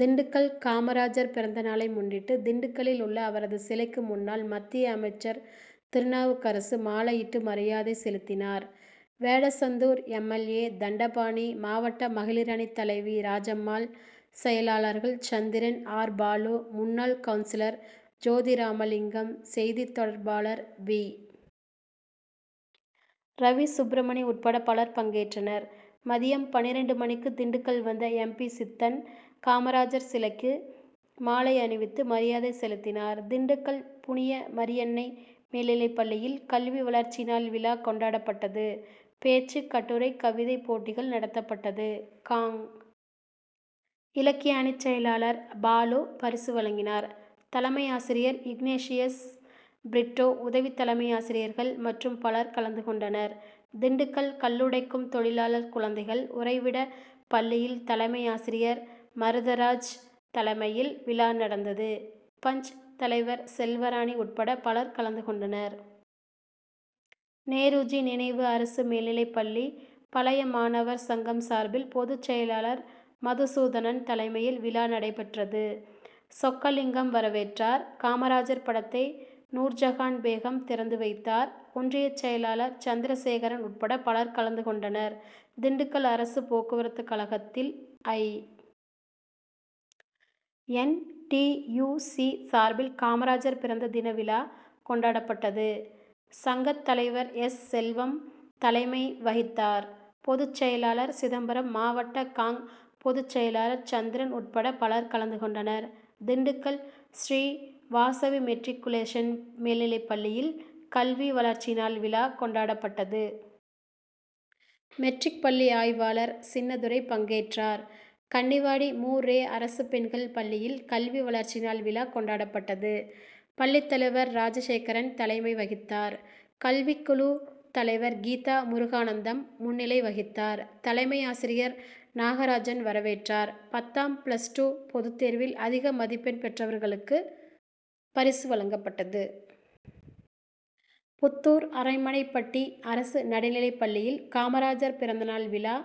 திண்டுக்கல் காமராஜர் பிறந்த நாளை முன்னிட்டு திண்டுக்கல்லில் உள்ள அவரது சிலைக்கு முன்னாள் மத்திய அமைச்சர் திருநாவுக்கரசு மாலையிட்டு மரியாதை செலுத்தினார். Vedasandur M. L. A., Thandapani, மாவட்ட மகளிரணி தலைவி ராஜம்மாள், செயலாளர்கள் சந்திரன், ஆர். பாலு, முன்னாள் கவுன்சிலர் ஜோதிராமலிங்கம், செய்தி தொடர் பாளர் வி. ரவிசுப்ரமணி உட்பட பலர் பங்கேற்றனர். மதியம் பன்னிரண்டு மணிக்கு திண்டுக்கல் வந்த எம். பி.,சித்தன் காமராஜர் சிலைக்கு மாலை அணிவித்து மரியாதை செலுத்தினார். திண்டுக்கல் புனிய மரியன்னை மேல்நிலைப்பள்ளியில் கல்வி வளர்ச்சி நாள் விழா கொண்டாடப் பட்டது. பேச்சு, கட்டுரை, கவிதை போட்டிகள் நடத்தப்பட்டது. காங்., இலக்கிய அணி செயலாளர் பாலு பரிசு வழங்கினார். தலைமை ஆசிரியர் இக்னேஷியஸ் பிரிட்டோ உதவி தலைமை ஆசிரியர்கள் மற்றும் பலர் கலந்து கொண்டனர். திண்டுக்கல் கல்லுடைக்கும் தொழிலாளர் குழந்தைகள் உறைவிட பள்ளியில் தலைமை ஆசிரியர் மருதராஜ் தலைமையில் விழா நடந்தது. பஞ்., தலைவர் செல்வராணி உட்பட பலர் கலந்து கொண்டனர். நேருஜி நினைவு அரசு மேல்நிலைப்பள்ளி பழைய மாணவர் சங்கம் சார்பில் பொதுச் செயலாளர் மதுசூதனன் தலைமையில் விழா நடைபெற்றது. சொக்கலிங்கம் வரவேற்றார். காமராஜர் படத்தை நூர்ஜகான் பேகம் திறந்து வைத்தார். ஒன்றிய செயலாளர் சந்திர சேகரன் உட்பட பலர் கலந்து கொண்டனர். திண்டுக்கல் அரசு போக்குவரத்து கழகத்தில் I. N. T. U. C. சார்பில் காமராஜர் பிறந்த தின விழா கொண்டாடப்பட்டது. சங்கத் தலைவர் எஸ். செல்வம் தலைமை வகித் தார். பொதுச் செயலாளர் சிதம்பரம், மாவட்ட காங்., பொதுச் செயலாளர் சந்திரன் உட்பட பலர் கலந்து கொண்டனர். திண்டுக்கல் ஸ்ரீ வாசவி மெட்ரிக் குலேசன் மேல்நிலைப்பள்ளியில் கல்வி வளர்ச்சிநாள் விழா கொண்டாடப்பட்டது. மெட்ரிக் பள்ளி ஆய்வாளர் சின்னதுரை பங்கேற்றார். கன்னிவாடி மூ. ரெ. அரசு பெண்கள் பள்ளியில் கல்வி வளர்ச்சி நாள் விழா கொண்டாடப்பட்டது. பள்ளித்தலைவர் ராஜசேகரன் தலை மை வகித்தார். கல்விக்குழு தலைவர் கீதா முருகானந்தம் முன்னிலை வகித்தார். தலைமை ஆசிரியர் நாகராஜன் வரவேற்றார். பத்தாம், பிளஸ் டூ பொது தேர்வில் அதிக மதிப்பெண் பெற்றவர்களுக்கு பரிசு வழங்கப்பட்டது. புத்தூர் அரண்மனைப்பட்டி அரசு நடுநிலைப்பள்ளியில் காமராஜர் பிறந்த நாள் விழா,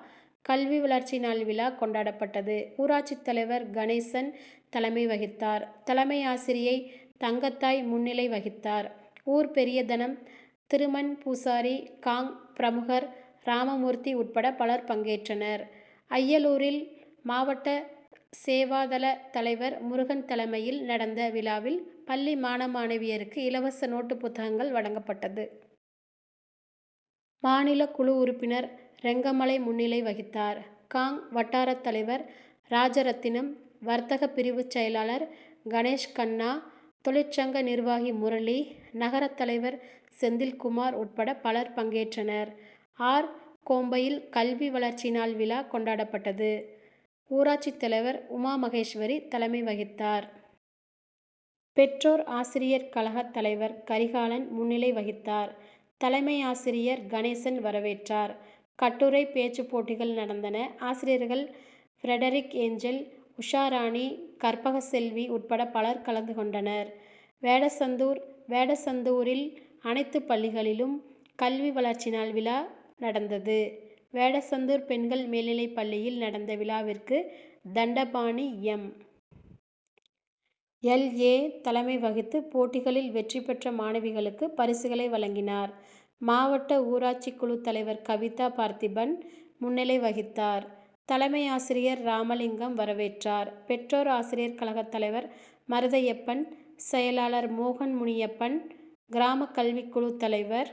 கல்வி வளர்ச்சி நாள் விழா கொண்டாடப்பட்டது. ஊராட்சித் தலைவர் கணேசன் தலைமை வகித்தார். தலைமை ஆசிரியை தங்கத்தாய் முன்னிலை வகித்தார். ஊர் பெரியதனம் திருமன்பூசாரி, காங். பிரமுகர் ராமமூர்த்தி உட்பட பலர் பங்கேற்றனர். அய்யலூரில் மாவட்ட சேவாதள தலைவர் முருகன் தலைமையில் நடந்த விழாவில் பள்ளி மாணவ, மாணவியருக்கு இலவச நோட்டுபுத்தகங்கள் வழங்கப் பட்டது. மாநில குழு உறுப்பினர் ரெங்கமலை முன்னிலை வகித்தார். காங். வட்டார தலைவர் ராஜரத்தினம், வர்த்தக பிரிவு செயலாளர் கணேஷ்கண்ணா, தொழிற்சங்க நிர்வாகி முரளி, நகரத் தலைவர் செந்தில்குமார் உட்பட பலர் பங்கேற்றனர். ஆர். கோம்பையில் கல்வி வளர்ச்சி நாள் விழா கொண்டாடப்பட்டது. ஊராட்சி தலைவர் உமாமகேஸ்வரி தலைமை வகித்தார். பெற்றோர் ஆசிரியர் கழக தலைவர் கரிகாலன் முன்னிலை வகித்தார். தலைமை ஆசிரியர் கணேசன் வரவேற்றார். கட்டுரை, பேச்சு போட்டிகள் நடந்தன. ஆசிரியர்கள் பிரடெரிக் ஏஞ்சல், உஷாராணி, கற்பகசெல்வி உட்பட பலர் கலந்துகொண்டனர். வேடசந்தூர்: வேடசந்தூரில் அனைத்து பள்ளிகளிலும் கல்வி வளர்ச்சி நாள் விழா நடந்தது. வேடசந்தூர் பெண்கள் மேனிலைப்பள்ளியில் நடந்த விழாவிற்கு தண்டபாணி எம். எல். ஏ. தலைமை வகித்து போட்டிகளில் வெற்றி பெற்ற மாணவிகளுக்கு பரிசுகளை வழங்கினார். மாவட்ட ஊராட்சி குழு தலைவர் கவிதா பார்த்திபன் முன்னிலை வகித்தார். தலைமை ஆசிரியர் ராமலிங்கம் வரவேற்றார். பெற்றோர் ஆசிரியர் கழக தலைவர் மருதையப்பன், செயலாளர் மோகன், முனியப்பன், கிராம கல்வி குழு தலைவர்